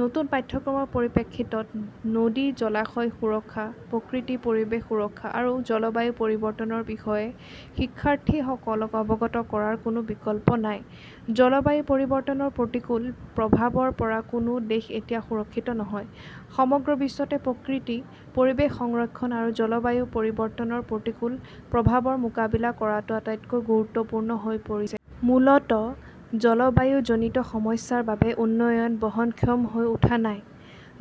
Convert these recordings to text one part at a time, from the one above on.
নতুন পাঠ্যক্ৰমৰ পৰিপ্ৰেক্ষিতত, নদী-জলাশয় সুৰক্ষা, প্ৰকৃতি-পৰিৱেশ সুৰক্ষা আৰু জলবায়ু পৰিৱৰ্তনৰ বিষয়ে শিক্ষাৰ্থীসকলক অৱগত কৰাৰ কোনো বিকল্প নাই। জলবায়ু পৰিৱৰ্তনৰ প্ৰতিকূল প্ৰভাৱৰ পৰা কোনো দেশ এতিয়া সুৰক্ষিত নহয়। সমগ্ৰ বিশ্বতে প্ৰকৃতি-পৰিৱেশ সংৰক্ষণ আৰু জলবায়ু পৰিৱৰ্তনৰ প্ৰতিকূল প্ৰভাৱৰ মোকাবিলা কৰাটো আটাইতকৈ গুৰুত্বপূৰ্ণ হৈ পৰিছে। মূলতঃ জলবায়ুজনিত সমস্যাৰ বাবে উন্নয়ন বহনক্ষম হৈ উঠা নাই।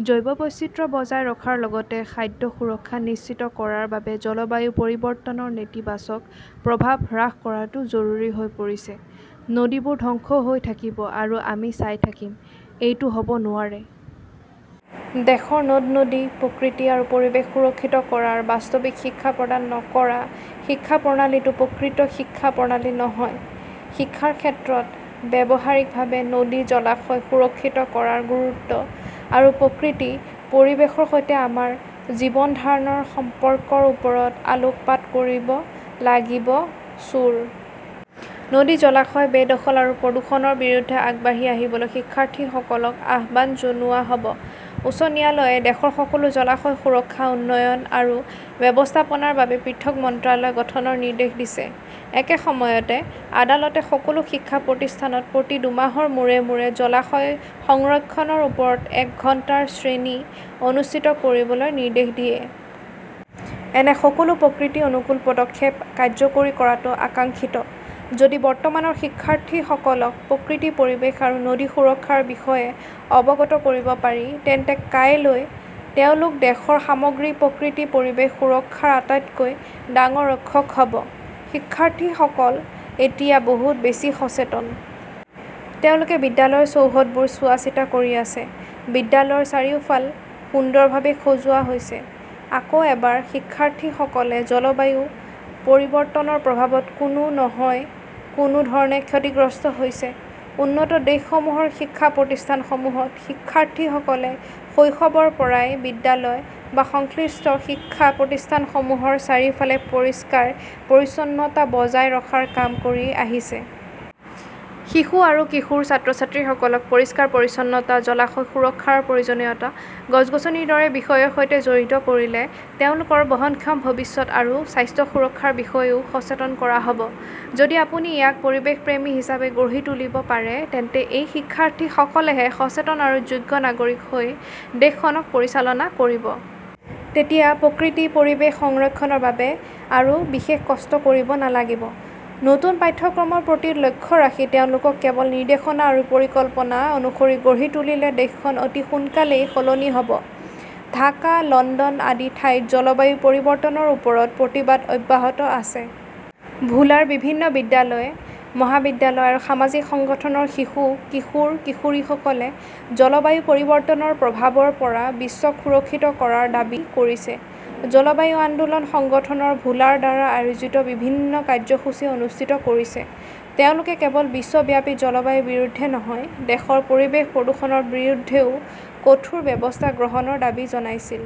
জৈৱ বৈচিত্ৰ্য বজাই ৰখাৰ লগতে খাদ্য সুৰক্ষা নিশ্চিত কৰাৰ বাবে জলবায়ু পৰিৱৰ্তনৰ নেতিবাচক প্ৰভাৱ হ্ৰাস কৰাটো জৰুৰী হৈ পৰিছে। নদীবোৰ ধ্বংস হৈ থাকিব আৰু আমি চাই থাকিম, এইটো হ'ব নোৱাৰে। দেশৰ নদ-নদী, প্ৰকৃতি আৰু পৰিৱেশ সুৰক্ষিত কৰাৰ বাস্তৱিক শিক্ষা প্ৰদান নকৰা শিক্ষা প্ৰণালীটো প্ৰকৃত শিক্ষা প্ৰণালী নহয়। শিক্ষাৰ ক্ষেত্ৰত ব্যৱহাৰিকভাৱে নদী-জলাশয় সুৰক্ষিত কৰাৰ গুৰুত্ব আৰু প্ৰকৃতি-পৰিৱেশৰ সৈতে আমাৰ জীৱন ধাৰণৰ সম্পৰ্কৰ ওপৰত আলোকপাত কৰিব লাগিব ছুৰ। নদী-জলাশয় বে-দখল আৰু প্ৰদূষণৰ বিৰুদ্ধে আগবাঢ়ি আহিবলৈ শিক্ষাৰ্থীসকলক আহ্বান জনোৱা হ'ব। উচ্চ ন্যায়ালয়ে দেশৰ সকলো জলাশয় সুৰক্ষা, উন্নয়ন আৰু ব্যৱস্থাপনাৰ বাবে পৃথক মন্ত্ৰালয় গঠনৰ নিৰ্দেশ দিছে। একে সময়তে আদালতে সকলো শিক্ষা প্ৰতিষ্ঠানত প্ৰতি দুমাহৰ মূৰে মূৰে জলাশয় সংৰক্ষণৰ ওপৰত এক ঘণ্টাৰ শ্ৰেণী অনুষ্ঠিত কৰিবলৈ নিৰ্দেশ দিয়ে। এনে সকলো প্ৰকৃতি-অনুকূল পদক্ষেপ কাৰ্যকৰী কৰাটো আকাংক্ষিত। যদি বৰ্তমানৰ শিক্ষাৰ্থীসকলক প্ৰকৃতি-পৰিৱেশ আৰু নদী সুৰক্ষাৰ বিষয়ে অৱগত কৰিব পাৰি, তেন্তে কাইলৈ তেওঁলোক দেশৰ সামগ্ৰিক প্ৰকৃতি-পৰিৱেশ সুৰক্ষাৰ আটাইতকৈ ডাঙৰ ৰক্ষক হ'ব। শিক্ষাৰ্থীসকল এতিয়া বহুত বেছি সচেতন। তেওঁলোকে বিদ্যালয়ৰ চৌহদবোৰ চোৱাচিতা কৰি আছে, বিদ্যালয়ৰ চাৰিওফাল সুন্দৰভাৱে সজোৱা হৈছে। আকৌ এবাৰ শিক্ষাৰ্থীসকলে জলবায়ু পৰিৱৰ্তনৰ প্ৰভাৱত কোনো নহয় কোনো ধৰণে ক্ষতিগ্ৰস্ত হৈছে। উন্নত দেশসমূহৰ শিক্ষা প্ৰতিষ্ঠানসমূহত শিক্ষাৰ্থীসকলে শৈশৱৰ পৰাই বিদ্যালয় বা সংশ্লিষ্ট শিক্ষা প্ৰতিষ্ঠানসমূহৰ চাৰিওফালে পৰিষ্কাৰ-পৰিচ্ছন্নতা বজাই ৰখাৰ কাম কৰি আহিছে। শিশু আৰু কিশোৰ ছাত্ৰ-ছাত্ৰীসকলক পৰিষ্কাৰ-পৰিচ্ছন্নতা, জলাশয় সুৰক্ষাৰ প্ৰয়োজনীয়তা, গছ-গছনিৰ দৰে বিষয়ৰ সৈতে জড়িত কৰিলে তেওঁলোকৰ বহনক্ষম ভৱিষ্যত আৰু স্বাস্থ্য সুৰক্ষাৰ বিষয়েও সচেতন কৰা হ'ব। যদি আপুনি ইয়াক পৰিৱেশপ্ৰেমী হিচাপে গঢ়ি তুলিব পাৰে, তেন্তে এই শিক্ষাৰ্থীসকলেহে সচেতন আৰু যোগ্য নাগৰিক হৈ দেশখনক পৰিচালনা কৰিব। তেতিয়া প্ৰকৃতি-পৰিৱেশ সংৰক্ষণৰ বাবে আৰু বিশেষ কষ্ট কৰিব নালাগিব। নতুন পাঠ্যক্ৰমৰ প্ৰতি লক্ষ্য ৰাখি তেওঁলোকক কেৱল নিৰ্দেশনা আৰু পৰিকল্পনা অনুসৰি গঢ়ি তোলিলে দেশখন অতি সোনকালেই সলনি হ'ব। ঢাকা, লণ্ডন আদি ঠাইত জলবায়ু পৰিৱৰ্তনৰ ওপৰত প্ৰতিবাদ অব্যাহত আছে। ভোলাৰ বিভিন্ন বিদ্যালয়, মহাবিদ্যালয় আৰু সামাজিক সংগঠনৰ শিশু, কিশোৰ-কিশোৰীসকলে জলবায়ু পৰিৱৰ্তনৰ প্ৰভাৱৰ পৰা বিশ্বক সুৰক্ষিত কৰাৰ দাবী কৰিছে। জলবায়ু আন্দোলন সংগঠন ভোলাৰ দ্বাৰা আয়োজিত বিভিন্ন কাৰ্যসূচী অনুষ্ঠিত কৰিছে। তেওঁলোকে কেৱল বিশ্বব্যাপী জলবায়ু বিৰুদ্ধে নহয়, দেশৰ পৰিৱেশ প্ৰদূষণৰ বিৰুদ্ধেও কঠোৰ ব্যৱস্থা গ্ৰহণৰ দাবী জনাইছিল।